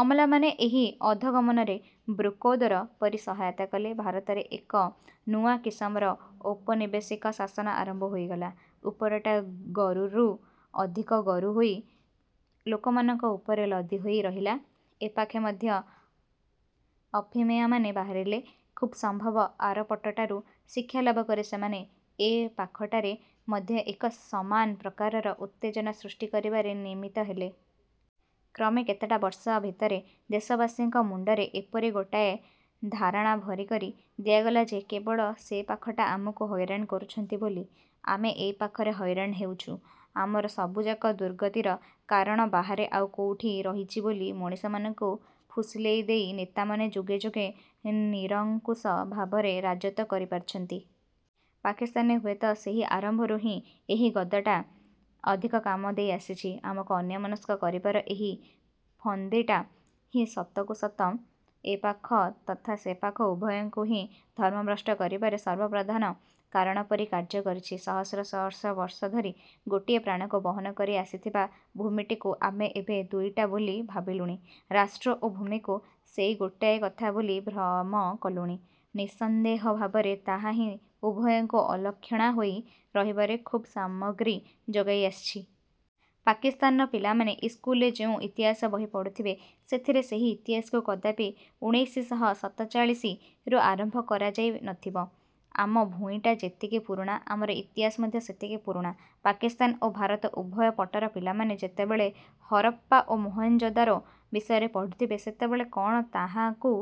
ଅମଲାମାନେ ଏହି ଅଧୋଗମନରେ ବୃକୋଦର ପରି ସହାୟତା କଲେ। ଭାରତରେ ଏକ ନୂଆ କିସମର ଔପନିବେଶିକ ଶାସନ ଆରମ୍ଭ ହୋଇଗଲା। ଉପରଟା ଗରୁରୁ ଅଧିକ ଗରୁ ହୋଇ ଲୋକମାନଙ୍କ ଉପରେ ଲଦି ହୋଇ ରହିଲା। ଏପାଖେ ମଧ୍ୟ ଅଫିମିଆମାନେ ବାହାରିଲେ। ଖୁବ୍ ସମ୍ଭବ ଆରପଟଟାରୁ ଶିକ୍ଷାଲାଭ କରି ସେମାନେ ଏ ପାଖଟାରେ ମଧ୍ୟ ଏକ ସମାନ ପ୍ରକାରର ଉତ୍ତେଜନା ସୃଷ୍ଟି କରିବାରେ ନିମିତ୍ତ ହେଲେ। କ୍ରମେ କେତେଟା ବର୍ଷ ଭିତରେ ଦେଶବାସୀଙ୍କ ମୁଣ୍ଡରେ ଏପରି ଗୋଟାଏ ଧାରଣା ଭରି କରି ଦିଆଗଲା ଯେ କେବଳ ସେପାଖଟା ଆମକୁ ହଇରାଣ କରୁଛନ୍ତି ବୋଲି ଆମେ ଏପାଖରେ ହଇରାଣ ହେଉଛୁ। ଆମର ସବୁଯାକ ଦୁର୍ଗତିର କାରଣ ବାହାରେ ଆଉ କୋଉଠି ରହିଛି ବୋଲି ମଣିଷମାନଙ୍କୁ ଫୁସୁଲେଇ ଦେଇ ନେତାମାନେ ଯୁଗେ ଯୁଗେ ନିରଙ୍କୁଶ ଭାବରେ ରାଜତ୍ୱ କରିପାରିଛନ୍ତି। ପାକିସ୍ତାନରେ ହୁଏତ ସେହି ଆରମ୍ଭରୁ ହିଁ ଏହି ଗଦଟା ଅଧିକ କାମ ଦେଇଆସିଛି। ଆମକୁ ଅନ୍ୟମନସ୍କ କରିବାର ଏହି ଫନ୍ଦିଟା ହିଁ ସତକୁ ସତ ଏପାଖ ତଥା ସେପାଖ ଉଭୟଙ୍କୁ ହିଁ ଧର୍ମଭ୍ରଷ୍ଟ କରିବାରେ ସର୍ବପ୍ରଧାନ କାରଣ ପରି କାର୍ଯ୍ୟ କରିଛି। ସହସ୍ର ସହସ୍ର ବର୍ଷ ଧରି ଗୋଟିଏ ପ୍ରାଣକୁ ବହନ କରି ଆସିଥିବା ଭୂମିଟିକୁ ଆମେ ଏବେ ଦୁଇଟା ବୋଲି ଭାବିଲୁଣି, ରାଷ୍ଟ୍ର ଓ ଭୂମିକୁ ସେଇ ଗୋଟିଏ କଥା ବୋଲି ଭ୍ରମ କଲୁଣି, ନିଃସନ୍ଦେହ ଭାବରେ ତାହାହିଁ ଉଭୟଙ୍କୁ ଅଲକ୍ଷଣା ହୋଇ ରହିବାରେ ଖୁବ୍ ସାମଗ୍ରୀ ଯୋଗାଇ ଆସିଛି। ପାକିସ୍ତାନର ପିଲାମାନେ ଇସ୍କୁଲରେ ଯେଉଁ ଇତିହାସ ବହି ପଢୁଥିବେ, ସେଥିରେ ସେହି ଇତିହାସକୁ କଦାପି ଉଣେଇଶି ଶହ ସତଚାଳିଶି ରୁ ଆରମ୍ଭ କରାଯାଇ ନଥିବ। ଆମ ଭୂଇଁଟା ଯେତିକି ପୁରୁଣା, ଆମର ଇତିହାସ ମଧ୍ୟ ସେତିକି ପୁରୁଣା। ପାକିସ୍ତାନ ଓ ଭାରତ ଉଭୟ ପଟର ପିଲାମାନେ ଯେତେବେଳେ ହରପ୍ପା ଓ ମହେଞ୍ଜୋଦାରୋ ବିଷୟରେ ପଢୁଥିବେ, ସେତେବେଳେ କଣ ତାହାକୁ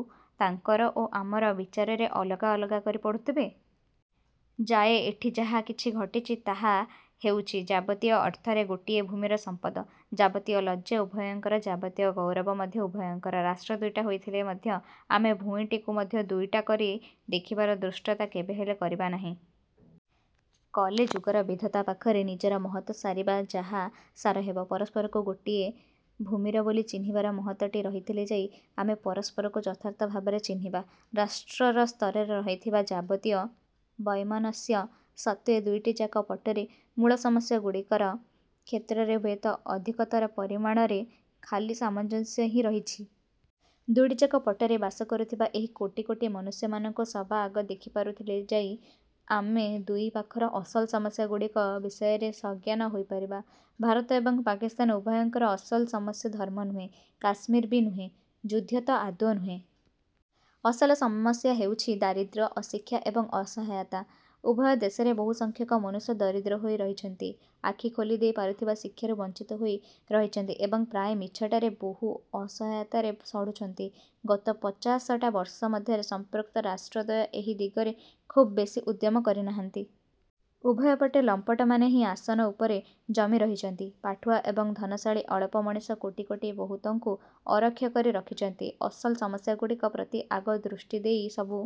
ତାଙ୍କର ଓ ଆମର ବିଚାରରେ ଅଲଗା ଅଲଗା କରି ପଢୁଥିବେ? ଯାଏ ଏଠି ଯାହା କିଛି ଘଟିଛି ତାହା ହେଉଛି ଯାବତୀୟ ଅର୍ଥରେ ଗୋଟିଏ ଭୂମିର ସମ୍ପଦ। ଯାବତୀୟ ଲଜ୍ଜା ଉଭୟଙ୍କର, ଯାବତୀୟ ଗୌରବ ମଧ୍ୟ ଉଭୟଙ୍କର। ରାଷ୍ଟ୍ର ଦୁଇଟା ହୋଇଥିଲେ ମଧ୍ୟ ଆମେ ଭୂଇଁଟିକୁ ମଧ୍ୟ ଦୁଇଟା କରି ଦେଖିବାର ଧୃଷ୍ଟତା କେବେହେଲେ କରିବା ନାହିଁ। କଲେ ଯୁଗର ବିଧାତା ପାଖରେ ନିଜର ମହତ ସାରିବା ଯାହା ସାର ହେବ। ପରସ୍ପରକୁ ଗୋଟିଏ ଭୂମିର ବୋଲି ଚିହ୍ନିବାର ମହତଟି ରହିଥିଲେ ଯାଇ ଆମେ ପରସ୍ପରକୁ ଯଥାର୍ଥ ଭାବରେ ଚିହ୍ନିବା। ରାଷ୍ଟ୍ରର ସ୍ତରରେ ରହିଥିବା ଯାବତୀୟ ବୈମନସ୍ୟ ସତ୍ତ୍ୱେ ଦୁଇଟିଯାକ ପଟରେ ମୂଳ ସମସ୍ୟା ଗୁଡ଼ିକର କ୍ଷେତ୍ରରେ ହୁଏତ ଅଧିକତର ପରିମାଣରେ ଖାଲି ସାମଞ୍ଜସ୍ୟ ହିଁ ରହିଛି। ଦୁଇଟିଯାକ ପଟରେ ବାସ କରୁଥିବା ଏହି କୋଟି କୋଟି ମନୁଷ୍ୟମାନଙ୍କୁ ସବାଆଗ ଦେଖି ପାରୁଥିଲେ ଯାଇ ଅମେ ଦୁଇ ପାଖର ଅସଲ ସମସ୍ୟା ଗୁଡ଼ିକ ବିଷୟରେ ସଜ୍ଞାନ ହୋଇପାରିବା। ଭାରତ ଏବଂ ପାକିସ୍ତାନ ଉଭୟଙ୍କର ଅସଲ ସମସ୍ୟା ଧର୍ମ ନୁହେଁ, କାଶ୍ମୀର ବି ନୁହେଁ, ଯୁଦ୍ଧ ତ ଆଦୌ ନୁହେଁ। ଅସଲ ସମସ୍ୟା ହେଉଛି ଦାରିଦ୍ର୍ୟ, ଅଶିକ୍ଷା ଏବଂ ଅସହାୟତା। ଉଭୟ ଦେଶରେ ବୋହୁସଂଖ୍ୟକ ମନୁଷ୍ୟ ଦରିଦ୍ର ହୋଇ ରହିଛନ୍ତି। ଆଖି ଖୋଲିଦେଇ ପାରୁଥିବା ଶିକ୍ଷାରୁ ବଂଚିତ ହୋଇ ରହିଛନ୍ତି ଏବଂ ପ୍ରାୟ ମିଛଟାରେ ବହୁ ଅସହାୟତାରେ ସଢୁଛନ୍ତି। ଗତ ପଚାଶଟା ବର୍ଷ ମଧ୍ୟରେ ସଂପୃକ୍ତ ରାଷ୍ଟ୍ରଦ୍ୱୟ ଏହି ଦିଗରେ ଖୁବ ବେଶୀ ଉଦ୍ୟମ କରିନାହାନ୍ତି। ଉଭୟପଟେ ଲମ୍ପଟମାନେ ହିଁ ଆସନ ଉପରେ ଜମି ରହିଛନ୍ତି। ପାଠୁଆ ଏବଂ ଧନଶାଳୀ ଅଳପ ମଣିଷ କୋଟି କୋଟି ବୋହୁତଙ୍କୁ ଅରକ୍ଷ କରି ରଖିଛନ୍ତି। ଅସଲ ସମସ୍ୟାଗୁଡ଼ିକ ପ୍ରତି ଆଗ ଦୃଷ୍ଟି ଦେଇ ସବୁ